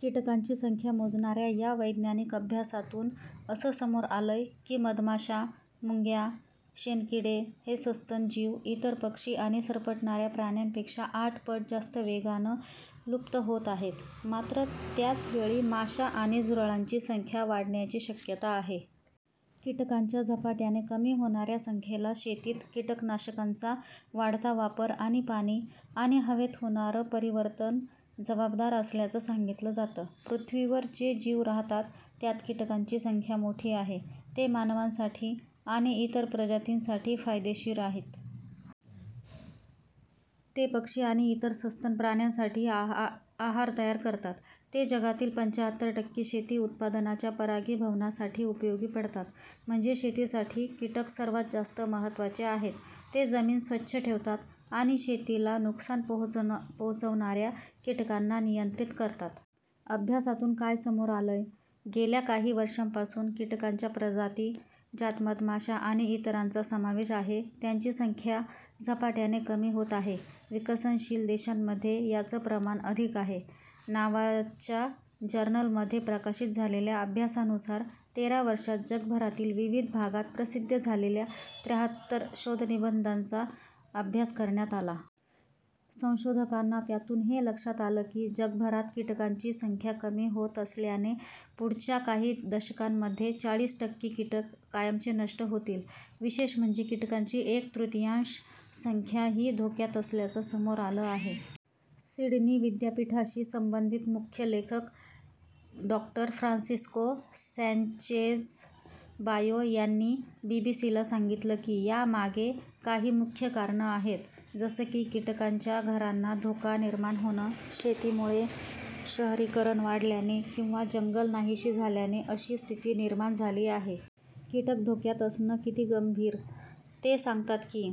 कीटकांची संख्या मोजणाऱ्या या वैज्ञानिक अभ्यासातून असं समोर आलंय की मधमाशा, मुंग्या, शेणकिडे हे सस्तन जीव, इतर पक्षी आणि सरपटणाऱ्या प्राण्यांपेक्षा आठ पट जास्त वेगानं लुप्त होत आहेत. मात्र त्याच वेळी माशा आणि झुरळांची संख्या वाढण्याची शक्यता आहे. कीटकांच्या झपाट्याने कमी होणाऱ्या संख्येला शेतीत कीटकनाशकांचा वाढता वापर आणि पाणी, आणि हवेत होणारं परिवर्तन जबाबदार असल्याचं सांगितलं जातं. पृथ्वीवर जे जीव राहतात त्यात कीटकांची संख्या मोठी आहे. ते मानवांसाठी आणि इतर प्रजातींसाठी फायदेशीर आहेत. ते पक्षी आणि इतर सस्तन प्राण्यांसाठी आहार तयार करतात. ते जगातील पंच्याहत्तर टक्के शेती उत्पादनाच्या परागीभवनासाठी उपयोगी पडतात, म्हणजे शेतीसाठी कीटक सर्वांत जास्त महत्त्वाचे आहेत. ते जमीन स्वच्छ ठेवतात आणि शेतीला नुकसान पोहोचवणाऱ्या कीटकांना नियंत्रित करतात. अभ्यासातून काय समोर आलंय? गेल्या काही वर्षांपासून कीटकांच्या प्रजाती, ज्यात मधमाशा आणि इतरांचा समावेश आहे, त्यांची संख्या झपाट्याने कमी होत आहे. विकसनशील देशांमध्ये याचं प्रमाण अधिक आहे. नावाच्या जर्नलमध्ये प्रकाशित झालेल्या अभ्यासानुसार तेरा वर्षात जगभरातील विविध भागात प्रसिद्ध झालेल्या त्र्याहत्तर शोधनिबंधांचा अभ्यास करण्यात आला. संशोधकांना त्यातून हे लक्षात आलं की, जगभरात कीटकांची संख्या कमी होत असल्याने पुढच्या काही दशकांमध्ये चाळीस टक्के कीटक कायमचे नष्ट होतील. विशेष म्हणजे कीटकांची एक तृतीयांश संख्या ही धोक्यात असल्याचं समोर आलं आहे. सिडनी विद्यापीठाशी संबंधित मुख्य लेखक डॉ. फ्रान्सिस्को सँचेज बायो यांनी बीबीसीला सांगितलं की, यामागे काही मुख्य कारणं आहेत, जसं की कीटकांच्या घरांना धोका निर्माण होणं, शेतीमुळे, शहरीकरण वाढल्याने किंवा जंगलं नाहिशी झाल्याने अशी स्थिती निर्माण झाली आहे. कीटक धोक्यात असणं किती गंभीर? ते सांगतात की,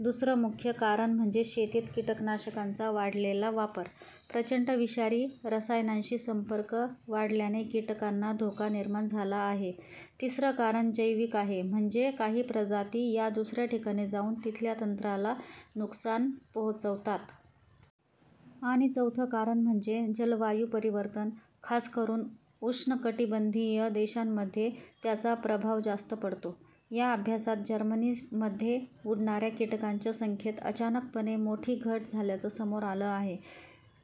दुसरं मुख्य कारण म्हणजे शेतीत कीटकनाशकांचा वाढलेला वापर. प्रचंड विषारी रसायनांशी संपर्क वाढल्याने किटकांना धोका निर्माण झाला आहे. तिसरं कारण जैविक आहे, म्हणजे काही प्रजाती या दुसऱ्या ठिकाणी जाऊन तिथल्या तंत्राला नुकसान पोहोचवतात. आणि चौथं कारण म्हणजे जलवायू परिवर्तन, खासकरून उष्णकटिबंधीय देशांमध्ये त्याचा प्रभाव जास्त पडतो. या अभ्यासात जर्मनीमध्ये उडणाऱ्या किटकांच्या संख्येत अचानकपणे मोठी घट झाल्याचं समोर आलं आहे.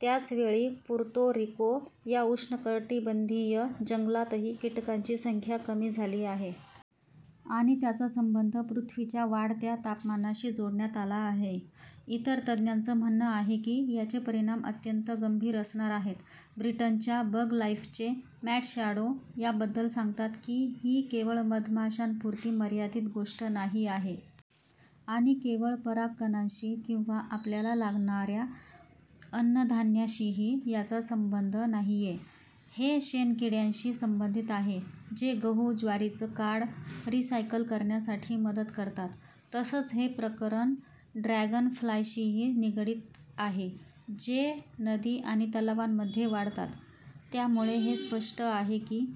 त्याचवेळी पुर्तो रिको या उष्णकटिबंधीय जंगलातही कीटकांची संख्या कमी झाली आहे. आणि त्याचा संबंध पृथ्वीच्या वाढत्या तापमानाशी जोडण्यात आला आहे. इतर तज्ज्ञांचं म्हणणं आहे की, याचे परिणाम अत्यंत गंभीर असणार आहेत. ब्रिटनच्या बगलाईफचे मॅट शॅडो याबद्दल सांगतात की, ही केवळ मधमाशांपुरती मर्यादित गोष्ट नाही आहे. आणि केवळ परागकणांशी किंवा आपल्याला लागणाऱ्या अन्नधान्याशीही याचा संबंध नाहीये. हे शेणकिड्यांशी संबंधित आहे, जे गहू ज्वारीचं काड रिसायकल करण्यासाठी मदत करतात. तसंच हे प्रकरण ड्रॅगनफ्लायशीही निगडित आहे, जे नदी आणि तलावांमध्ये वाढतात. त्यामुळे हे स्पष्ट आहे की